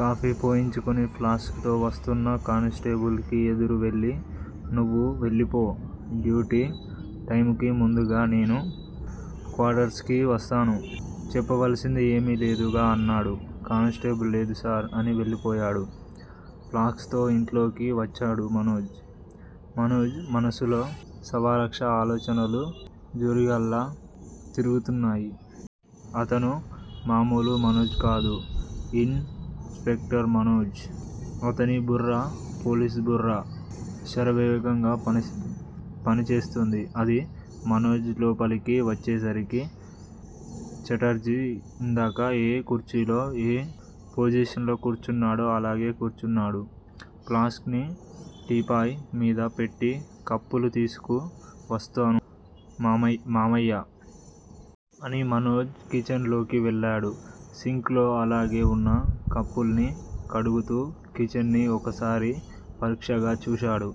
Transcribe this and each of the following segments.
Coffee పోయించుకుని flask తో వస్తున్న కానిస్టేబుల్ కి ఎదురు వెళ్ళి నువ్వు వెళ్ళిపో! డ్యూటీ టైముకి ముందుగా నేను క్వార్టర్స్ కి వస్తాను చెప్పవలసింది ఏమీ లేదుగా అన్నాడు. కానిస్టేబుల్ లేదు సార్! అని వెళ్ళిపోయాడు. ప్లాస్క్ తో ఇంట్లోకి వచ్చాడు మనోజ్. మనోజ్ మనస్సులో సవాలక్ష ఆలోచనలు జోరీగల్లా తిరుగుతున్నాయి. అతను మామూలు మనోజ్ కాదు. Inspector Manoj. అతని బుర్ర పోలీసుబుర్ర. శరవేగంగా పనిచేస్తున్నది అది. మనోజ్ లోపలికి వచ్చేసరికి, ఛటర్జీ ఇందాక ఏ కుర్చీలో, ఏ పొజిషన్ లో కూర్చున్నాడో అలానే కూర్చున్నాడు. ప్లాస్క్ ని టీపాయ్ మీద పెట్టి కప్పులు తీసుకు వస్తాను మావయ్యా! అని మనోజ్ కిచెన్ లోకి వెళ్ళాడు. సింక్ లో అలాగే వున్న కప్పుల్ని కడుగుతూ కిచెన్ ని ఒకసారి పరీక్షగా చూశాడు.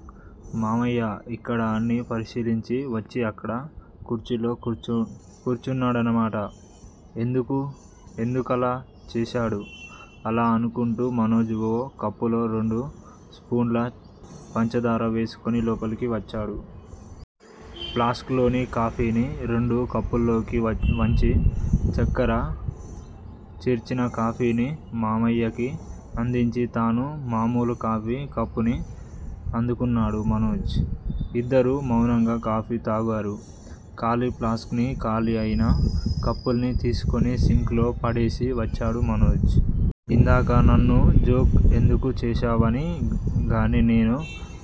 మావయ్య ఇక్కడ అన్నీ పరిశీలించి వచ్చి అక్కడ కుర్చీలో కూచున్నాడన్నమాట. ఎందుకలా చేశాడు? అలా అనుకుంటూ మనోజ్ ఓ కప్పులో రెండు స్పూన్ల పంచదార వేసుకుని లోపలి వచ్చాడు. ప్లాస్క్ లోని కాఫీని రెండు కప్పుల్లోకి వంచి చక్కర చేర్చిన కాఫీని మావయ్యకి అందించి, తను మామూలు కాఫీ కప్పుని అందుకున్నాడు మనోజు. ఇద్దరూ మౌనంగా కాఫీ తాగారు. ఖాళీ ప్లాస్ ని, ఖాళీ అయిన కప్పుల్ని తీసుకుని సింక్ లో పడేసి వచ్చాడు మనోజ్. ఇందాక నన్ను జోక్ ఎందుకు చేశావని గాని, నేను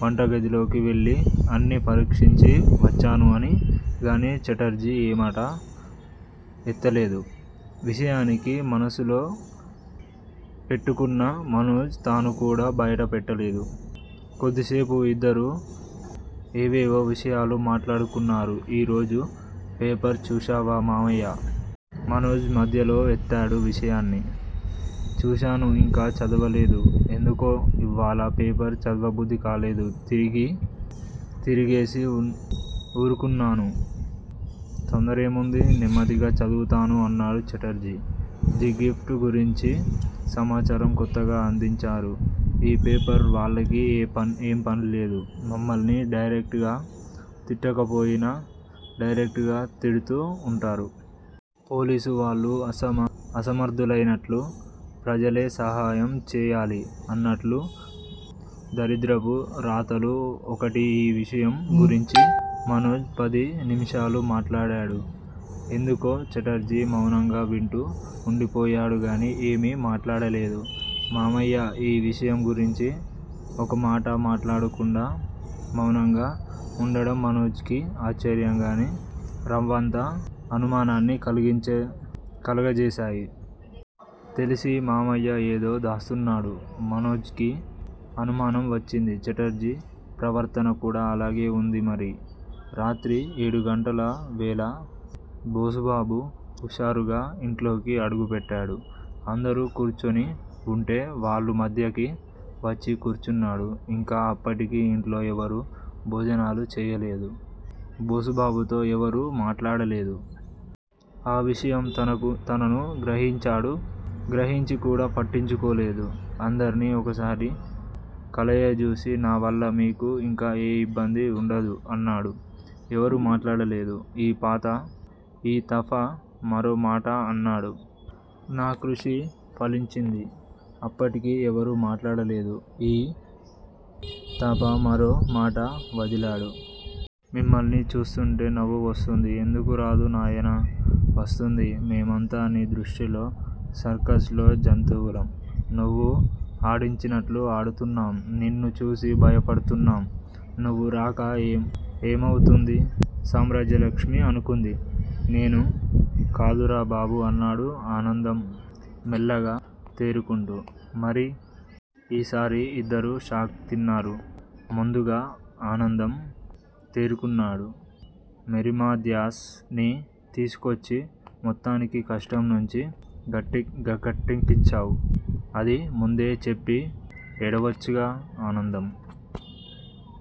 వంటగదిలోకి వెళ్ళి అన్ని పరీక్షించి వచ్చాను అని గాని ఛటర్జీ ఏమాటా ఎత్తలేదు. విషయాన్ని మనసులో పెట్టుకున్న మనోజు తను కూడా బయటపడలేదు. కొద్దిసేపు ఇద్దరూ ఏవేవో విషయాలు మాట్లాడుకున్నారు. ఈ రోజు పేపర్ చూశావా మావయ్యా! మనోజు మధ్యలో ఎత్తాడు విషయాన్ని. చూశాను ఇంకా చదవలేదు. ఎందుకో ఇవ్వాళ్ళ పేపర్ చదవబుద్ధికాలేదు. తిరగేసి ఊరుకున్నాను తొందరేముంది? నెమ్మదిగా చదువుతాను అన్నాడు ఛటర్జీ. ది గిఫ్ట్ గురించి సమాచారం కొత్తగా అందించారు. ఈ పేపర్ వాళ్ళకి ఏం పనిలేదు. మమ్మల్ని డైరెక్ట్ గా తిట్టకపోయినా, ఇండైరెక్ట్ గా తిడుతూ వుంటారు. పోలీసు వాళ్లు అసమర్దులైనట్లూ. ప్రజలే సహాయం చెయ్యాలి అన్నట్లు దరిద్రపు రాతలు ఒకటి ఈ విషయం గురించీ మనోజు పది నిముషాలు మాట్లాడాడు. ఎందుకో ఛటర్జీ మౌనంగా వింటూ వుండిపోయాడు గానీ, ఏమీ మాట్లాడలేదు. మావయ్య ఈ విషయం గురించి ఒక్కమాటా మాట్లాడకుండా మౌనంగా వుండడం మనోజుకి ఆశ్చర్యాన్ని రవ్వంత అనుమానాన్ని కలుగజేసాయి. తెలిసీ మావయ్య ఏదో దాస్తున్నాడు. మనోజుకి అనుమానం వచ్చింది. ఛటర్జీ ప్రవర్తన కూడా అలాగే వుంది మరి. రాత్రి ఏడుగంటల వేళ. బోసుబాబు హుషారుగా ఇంట్లోకి అడుగుపెట్టాడు. అందరూ కూర్చునివుంటే వాళ్ళ మధ్యకి వచ్చి కూర్చున్నాడు. ఇంకా అప్పటికి ఇంట్లో ఎవరూ భోజనాలు చెయ్యలేదు. బోసుబాబుతో ఎవరూ మాట్లాడలేదు. ఆ విషయం అతను గ్రహించాడు. గ్రహించి కూడా పట్టించుకోలేదు. అందర్నీ ఒకసారి కలయజూసి నా వల్ల మీకు ఇంకా ఏ ఇబ్బంది ఉండదు! అన్నాడు. ఎవరూ మాట్లాడలేదు. ఈ తఫా మరో మాట అన్నాడు. నా కృషి ఫలించింది! అప్పటికీ ఎవరూ మాట్లాడలేదు. ఈ తఫా మరో మాట వదిలాడు. మిమ్మల్ని చూస్తూంటే నవ్వు వస్తోంది. ఎందుకు రాదు నాయనా! వస్తుంది. మేమంతా నీ దృష్టిలో సర్కస్ లో జంతువులం, నువ్వు ఆడించినట్లు ఆడుతున్నాం. నిన్ను చూసి భయపడుతున్నాం. నవ్వు రాక ఏమవుతుంది సామ్రాజ్యలక్ష్మి అనుకుంది. నేను కాదురా బాబూ అన్నాడు ఆనందం మెల్లగా తేరుకుంటూ. మరి?! ఈసారి ఇద్దరూ షాక్ తిన్నారు. ముందుగా ఆనందం తేరుకున్నాడు. మేరీమాథ్యూస్ ని తీసుకొచ్చి మొత్తానికి కష్టం నుంచి గట్టెక్కించావ్. అది ముందే చెప్పి ఏడవొచ్చుగా? ఆనందం